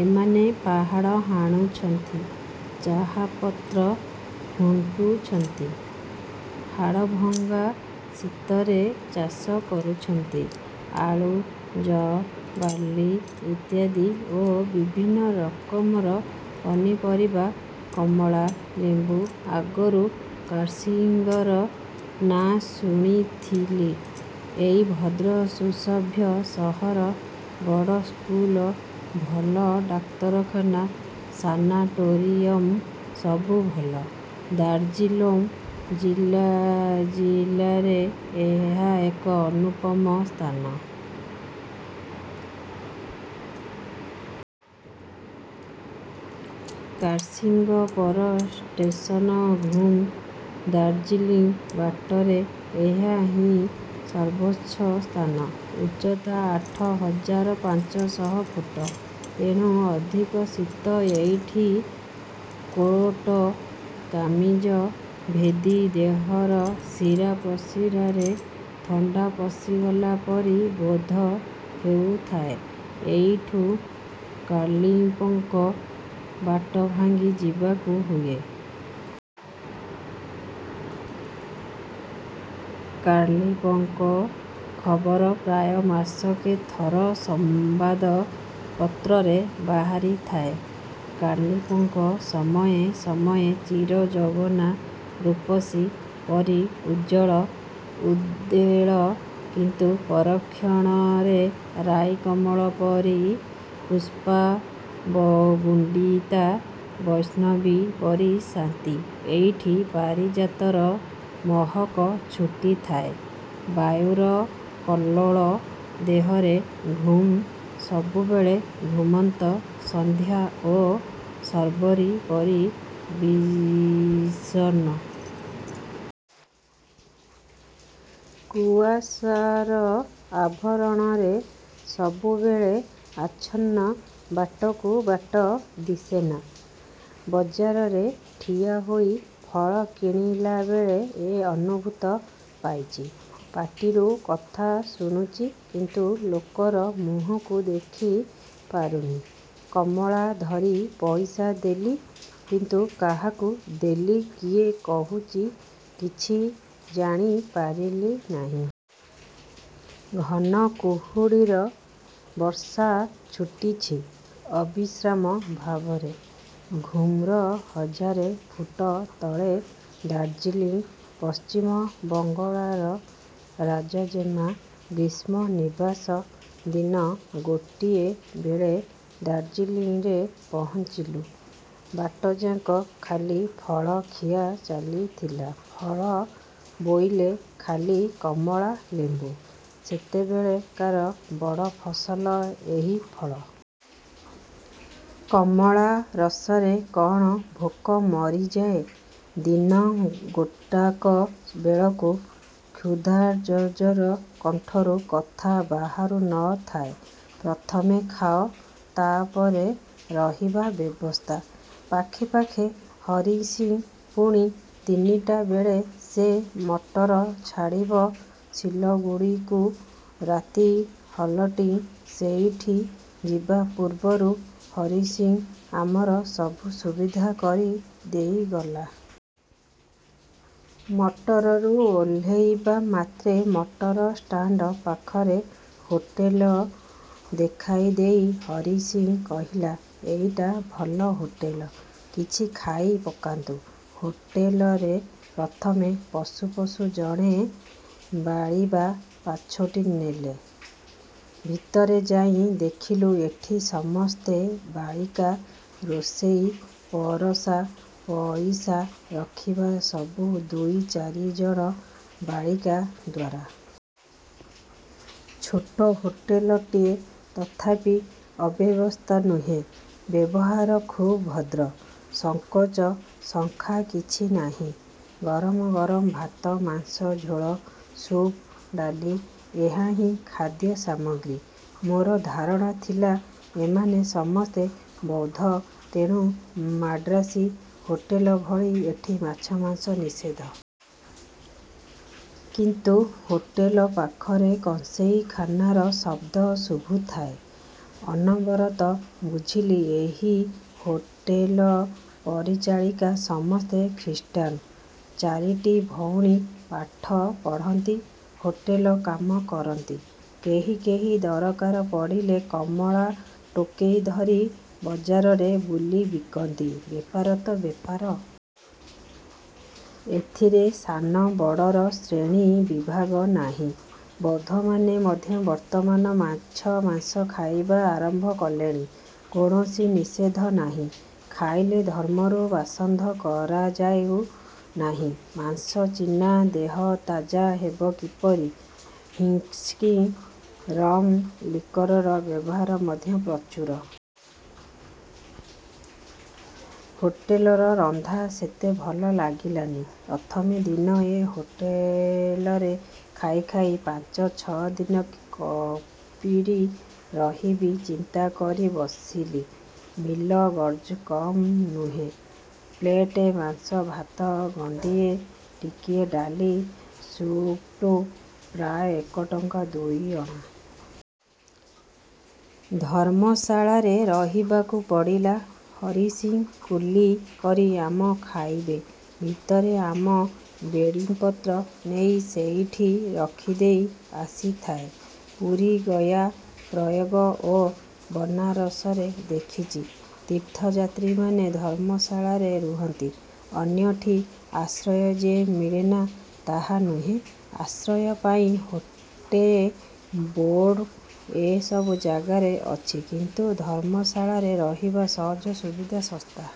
ଏମାନେ ପାହାଡ଼ ହାଣୁଛନ୍ତି–ଚାହାପତ୍ର ଖୁଣ୍ଟୁଛନ୍ତି-। ହାଡ଼ଭଙ୍ଗା ଶୀତରେ ଚାଷ କରୁଛନ୍ତି ଆଳୁ, ଯଅ, ବାର୍ଲି ଇତ୍ୟାଦି ଓ ବିଭିନ୍ନ ରକମର ପନିପରିବା–କମଳା, ଲେମ୍ୱୁ। ଆଗରୁ କାର୍ସିଙ୍ଗର ନାଁ ଶୁଣିଥିଲି–ଏକ ଭଦ୍ର ସୁସଭ୍ୟ ସହର। ବଡ଼ସ୍କୁଲ–ଭଲ ଡାକ୍ତରଖାନା, ସାନାଟୋରିୟମ୍ ସବୁ ଭଲ। ଦାର୍ଜିଲଂ ଜିଲାରେ ଏହା ଏକ ଅନୁପମ ସ୍ଥାନ। କାର୍ସିଙ୍ଗ ପର ଷ୍ଟେସନ ଘୁମ୍। ଦାର୍ଜିଲିଂ ବାଟରେ ଏହା ହିଁ ସର୍ବୋଚ୍ଚ ସ୍ଥାନ। ଉଚ୍ଚତା ଆଠ ହଜାର ପାଞ୍ଚ ଶହ ଫୁଟ। ତେଣୁ ଅଧିକ ଶୀତ ଏଇଠି। କୋଟ କାମିଜ ଭେଦି ଦେହର ଶିରା ପ୍ରଶିରାରେ ଥଣ୍ଡା ପଶିଗଲା ପରି ବୋଧ ହେଉଥାଏ। ଏଇଠୁ କାଲିଂପଙ୍ଗ୍ ବାଟ ଭାଙ୍ଗି ଯିବାକୁ ହୁଏ-। କାଲିଂପଙ୍ଗ୍ ଖବର ପ୍ରାୟ ମାସକେ ଥର ସମ୍ୱାଦ ପତ୍ରରେ ବାହାରିଥାଏ। କାଲିଂପଙ୍ଗ୍ ସମୟେ ସମୟେ ଚିର ଯୌବନା ରୂପସୀ ପରି ଉଚ୍ଛଳ ଉଦ୍ବେଳ; କିନ୍ତୁ ପରକ୍ଷଣରେ ରାଇକମଳ ପରି ପୁଷ୍ପାବଗୁଣ୍ଠିତା ବୈଷ୍ଣବୀ ପରି ଶାନ୍ତି। ଏଇଠି ପାରିଜାତର ମହକ ଛୁଟିଥାଏ ବାୟୁର କଲ୍ଲୋଳ ଦେହରେ। ଘୁମ୍–ସବୁବେଳେ ଘୁମନ୍ତ ସନ୍ଧ୍ୟା ଓ ଶର୍ବରୀ ପରି ବିଷର୍ଣ୍ଣ! କୁଆଶାର ଆଭରଣରେ ସବୁବେଳେ ଆଚ୍ଛନ୍ନ। ବାଟକୁ ବାଟ ଦିଶେନା। ବଜାରରେ ଠିଆ ହୋଇ ଫଳ କିଣିଲାବେଳେ ଏ ଅନୁଭୂତ ପାଇଚି। ପାଟିରୁ କଥା ଶୁଣୁଚି କିନ୍ତୁ ଲୋକର ମୁହଁକୁ ଦେଖି ପାରୁନି। କମଳା ଧରି ପଇସା ଦେଲି। କିନ୍ତୁ କାହାକୁ ଦେଲି, କିଏ କହୁଚି, କିଛି ଜାଣି ପାରିଲି ନାହିଁ। ଘନ କୁହୁଡ଼ିର ବର୍ଷା ଛୁଟିଛି ଅବିଶ୍ରାମ ଭାବରେ। ଘୁମ୍ର ହଜାରେ ଫୁଟ ତଳେ ଦାର୍ଜିଲିଂ। ପଶ୍ଚିମ ବଙ୍ଗଳାର ରାଜଜେମା, ଗ୍ରୀଷ୍ମନିବାସ। ଦିନ ଗୋଟାଏ ବେଳେ ଦାର୍ଜିଲିଂରେ ପହଞ୍ଚିଲୁ। ବାଟଯାକ ଖାଲି ଫଳ ଖିଆ ଚାଲିଥିଲା। ଫଳ ବୋଇଲେ ଖାଲି କମଳା ଲେମ୍ୱୁ। ସେତେବେଳେକାର ବଡ଼ ଫସଲ ଏହି ଫଳ। କମଳା ରସରେ କଣ ଭୋକ ମରିଯାଏ? ଦିନ ଗୋଟାକ ବେଳକୁ କ୍ଷୁଧାଜର୍ଜର କଣ୍ଠରୁ କଥା ବାହାରୁ ନ ଥାଏ। ପ୍ରଥମେ ଖାଅ–ତା'ପରେ ରହିବା ବ୍ୟବସ୍ଥା। ପାଖେ ପାଖେ ହରିସିଂ। ପୁଣି ତିନିଟା ବେଳେ ସେ ମଟର ଛାଡ଼ିବ ସିଲଗୁଡ଼ିକୁ। ରାତି ହଲଟିଂ ସେଇଠି। ଯିବା ପୂର୍ବରୁ ହରିସିଂ ଆମର ସବୁ ସୁବିଧା କରି ଦେଇଗଲା। ମଟରରୁ ଓହ୍ଲେଇବା ମାତ୍ରେ ମଟର ଷ୍ଟାଣ୍ଡ ପାଖରେ ହୋଟେଲ ଦେଖାଇ ଦେଇ ହରିସିଂ କହିଲା–ଏଇଟା ଭଲ ହୋଟେଲ, କିଛି ଖାଇ ପକାନ୍ତୁ? ହୋଟେଲରେ ପ୍ରଥମେ ପଶୁ ପଶୁ ଜଣେ ବାଳିବା ପାଛୋଟି ନେଲେ। ଭିତରେ ଯାଇ ଦେଖିଲୁ ଏଠି ସମସ୍ତେ ବାଳିକା। ରୋଷେଇ, ପରଷା, ପଇସା ରଖିବା ସବୁ ଦୁଇ ଚାରିଜଣ ବାଳିକା ଦ୍ୱାରା। ଛୋଟ ହୋଟେଲଟିଏ। ତଥାପି ଅବ୍ୟବସ୍ଥା ନୁହେଁ। ବ୍ୟବହାର ଖୁବ୍ ଭଦ୍ର। ସଙ୍କୋଚ ଶଙ୍କା କିଛି ନାହିଁ। ଗରମ ଗରମ ଭାତ–ମାସଂ ଝୋଳ, ସୁପ୍, ଡ଼ାଲି ଏହାହିଁ ଖାଦ୍ୟ ସାମଗ୍ରୀ। ମୋର ଧାରଣା ଥିଲା ଏମାନେ ସମସ୍ତେ ବୌଦ୍ଧ; ତେଣୁ ମାଡ୍ରାସୀ ହୋଟେଲ ଭଳି ଏଟି ମାଛ, ମାଂସ ନିଷେଧ। କିନ୍ତୁ ହୋଟେଲ ପାଖରେ କଂସେଇ ଖାନାର ଶବ୍ଦ ଶୁଭୁଥାଏ ଅନବରତ। ବୁଝିଲି, ଏହି ହୋଟେଲ ପରିଚାଳିକା ସମସ୍ତେ ଖ୍ରୀଷ୍ଟାନ। ଚାରିଟି ଭଉଣୀ ପାଠ ପଢ଼ନ୍ତି, ହୋଟେଲ କାମ କରନ୍ତି, କେହି କେହି ଦରକାର ପଡ଼ିଲେ କମଳା ଟୋକେଇ ଧରି ବଜାରରେ ବୁଲି ବିକନ୍ତି। ବେପାର ତ ବେପାର। ଏଥିରେ ସାନ ବଡ଼ର ଶ୍ରେଣୀ ବିଭାଗ ନାହିଁ। ବୌଦ୍ଧମାନେ ମଧ୍ୟ ବର୍ତ୍ତମାନ ମାଛ ମାଂସ ଖାଇବା ଆରମ୍ଭ କଲେଣି। କୌଣସି ନିଷେଧ ନାହିଁ। ଖାଇଲେ ଧର୍ମରୁ ବାସନ୍ଦ କରାଯାଉ ନାହିଁ। ମାଂସ ଚିନା ଦେହ ତାଜା ହେବ କିପରି-? ହ୍ୱିସ୍କି, ରମ୍ ଲିକରର ବ୍ୟବହାର ମଧ୍ୟ ପ୍ରଚୁର। ହୋଟେଲର ରନ୍ଧା ସେତେ ଭଲ ଲାଗିଲାନି-। ପ୍ରଥମେ ଦିନ ଏ ହୋଟେଲରେ ଖାଇ ଖାଇ ପାଞ୍ଚ ଛ ଦିନ କପିରି ରହିବି ଚିନ୍ତା କରି ବସିଲି। ମିଲ ଗର୍ଜ କମ୍ ନୁହେଁ। ପ୍ଳେଟେ ମାଂସ, ଭାତ ଗଣ୍ଡିଏ, ଟିକିଏ ଡାଲି, ସୁପ୍କୁ ପ୍ରାୟ ଏକଟଙ୍କା ଦୁଇଅଣା-। ଧର୍ମଶାଳାରେ ରହିବାକୁ ପଡ଼ିଲା। ହରିସିଂ କୁଲି କରି ଆମ ଖାଇବେ ଭିତରେ ଆମ ବେଡ଼ିଂପତ୍ର ନେଇ ସେଇଠି ରଖିଦେଇ ଆସିଥାଏ। ପୁରୀ, ଗୟା, ପ୍ରୟୋଗ ଓ ବନାରସରେ ଦେଖିଚି ତୀର୍ଥଯାତ୍ରୀମାନେ ଧର୍ମଶାଳାରେ ରୁହନ୍ତି। ଅନ୍ୟଠି ଆଶ୍ରୟ ଯେ ମିଳେନା ତାହା ନୁହେଁ। ଆଶ୍ରୟ ପାଇଁ ହୋଟେଏ, ବୋର୍ଡଂ ଏ ସବୁ ଜାଗାରେ ଅଛି। କିନ୍ତୁ ଧର୍ମଶାଳାରେ ରହିବା ସହଜ, ସୁବିଧା, ଶସ୍ତ।